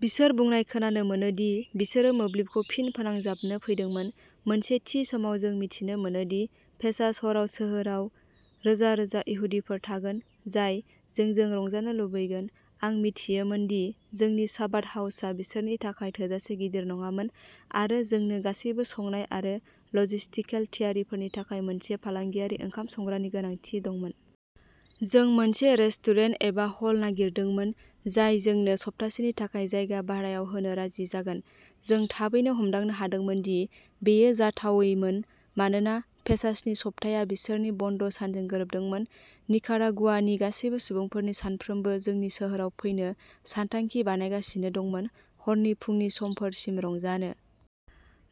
बिसोर बुंनाय खोनानो मोनो दि बिसोरो मोब्लिबखौ फिन फोनांजाबनो फैदोंमोन। "मोनसे थि समाव जों मिथिनो मोनो दि पेसाच हराव सोहोराव रोजा रोजा इहुदिफोर थागोन जाय जोंजों रंजानो लुबैगोन। आं मिथियोमोन दि जोंनि चाबाद हाउसआ बिसोरनि थाखाय थोजासे गिदिर नङामोन आरो जोंनो गासैबो संनाय आरो लजिस्टिकेल थियारिफोरनि थाखाय मोनसे फालांगियारि ओंखाम संग्रानि गोनांथि दंमोन। जों मोनसे रेस्टुरेन्ट एबा हल नागिरदोंमोन जाय जोंनो सप्तासेनि थाखाय जायगा भारायाव होनो राजि जागोन।" जों थाबैनो हमदांनो हादोंमोन दि बेयो जाथावैमोन मानोना पेसाचनि सप्ताया बिसोरनि बन्द'सानजों गोरोबदोंमोन। निकारागुआनि गासैबो सुबुंफोरनि सानफ्रामबो जोंनि सोहोराव फैनो सानथांखि बानायगासिनो दंमोन हरनि फुंनि समफोरसिम रंजानो।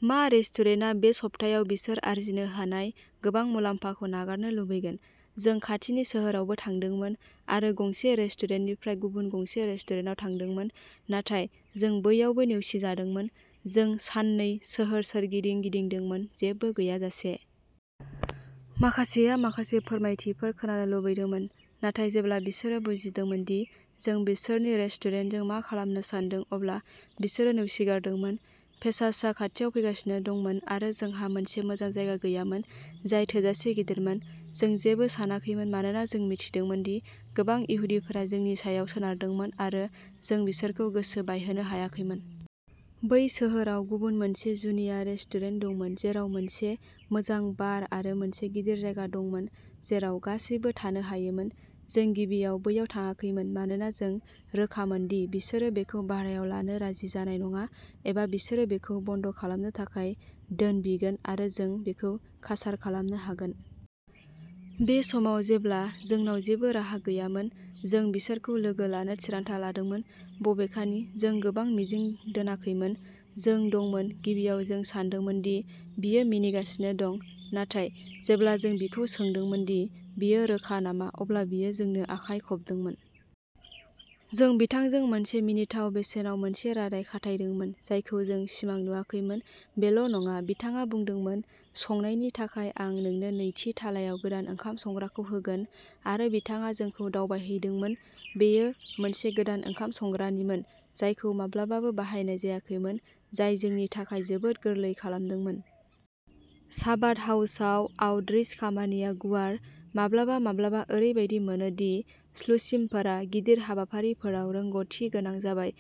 मा रेस्टुरेन्टआ बे सप्तायाव बिसोर आर्जिनो हानाय गोबां मुलाम्फाखौ नागारनो लुबैगोन? जों खाथिनि सोहोरावबो थांदोंमोन आरो गंसे रेस्टुरेन्टनिफ्राय गुबुन गंसे रेस्टुरेन्टाव थांदोंमोन, नाथाय जों बैयावबो नेवसिजादोंमोन। "जों साननै सोहोर सोरगिदिं गिदिंदोंमोन, जेबो गैयाजासे। माखासेया माखासे फोरमायथिफोर खोनानो लुबैदोंमोन, नाथाय जेब्ला बिसोरो बुजिदोंमोन दि जों बिसोरनि रेस्टुरेन्टजों मा खालामनो सानदों, अब्ला बिसोरो नेवसिगारदोंमोन। पेसाचआ खाथियाव फैगासिनो दंमोन आरो जोंहा मोनसे मोजां जायगा गैयामोन जाय थोजासे गिदिरमोन। जों जेबो सानाखैमोन, मानोना जों मिथिदोंमोन दि गोबां इहुदिफोरा जोंनि सायाव सोनारदोंमोन आरो जों बिसोरखौ गोसो बायहोनो हायाखैमोन।" बै सोहोराव गुबुन मोनसे जुनिया रेस्टुरेन्ट दंमोन जेराव मोनसे मोजां बार आरो मोनसे गिदिर जायगा दंमोन जेराव गासैबो थानो हायोमोन। जों गिबियाव बैयाव थाङाखैमोन, मानोना जों रोखामोन दि बिसोरो बेखौ भारायाव लानो राजि जानाय नङा एबा बिसोरो बेखौ बन्द खालामनो थाखाय धोन बिगोन आरो जों बेखौ कासार खालामनो हागोन। बे समाव, जेब्ला जोंनाव जेबो राहा गैयामोन, जों बिसोरखौ लोगो लानो थिरांथा लादोंमोन, बबेखानि जों गोबां मिजिं दोनाखैमोन। "जों दंमोन। गिबियाव जों सानदोंमोन दि बियो मिनिगासिनो दं, नाथाय जेब्ला जों बिखौ सोंदोंमोन दि बियो रोखा नामा, अब्ला बियो जोंनो आखाइ खबदोंमोन। जों बिथांजों मोनसे मिनिथाव बेसेनाव मोनसे रादाय खाथायदोंमोन, जायखौ जों सिमां नुवाखैमोन। बेल'नङा, बिथाङा बुंदोंमोन,'संनायनि थाखाय, आं नोंनो नैथि थालायाव गोदान ओंखाम संग्राखौ होगोन,'आरो बिथाङा जोंखौ दावबायहैदोंमोन। बेयो मोनसे गोदान ओंखाम संग्रानिमोन जायखौ माब्लाबाबो बाहायनाय जायाखैमोन, जाय जोंनि थाखाय जोबोद गोरलै खालामदोंमोन। चाबाद हाउसआव आउटरीच खामानिया गुवार। माब्लाबा माब्लाबा ओरैबायदि मोनो दि श्लुचिमफोरा गिदिर हाबाफारिफोराव रोंग'थिगोनां जाबाय।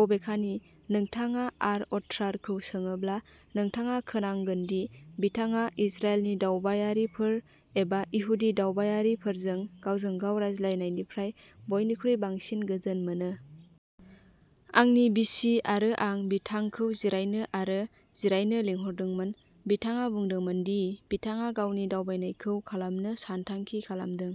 बबेखानि, नोंथाङा आर'अत्तारखौ सोङोब्ला, नोंथाङा खोनांगोन दि बिथाङा इजराइलनि दावबायारिफोर एबा इहुदि दावबायारिफोरजों गावजों गाव रायज्लायनायनिफ्राय बयनिख्रुइ बांसिन गोजोन मोनो। "आंनि बिसि आरो आं बिथांखौ जिरायनो आरो जिरायनो लिंहरदोंमोन। बिथाङा बुंदोंमोन दि बिथाङा गावनि दावबायनायखौ खालामनो सानथांखि खालामदों।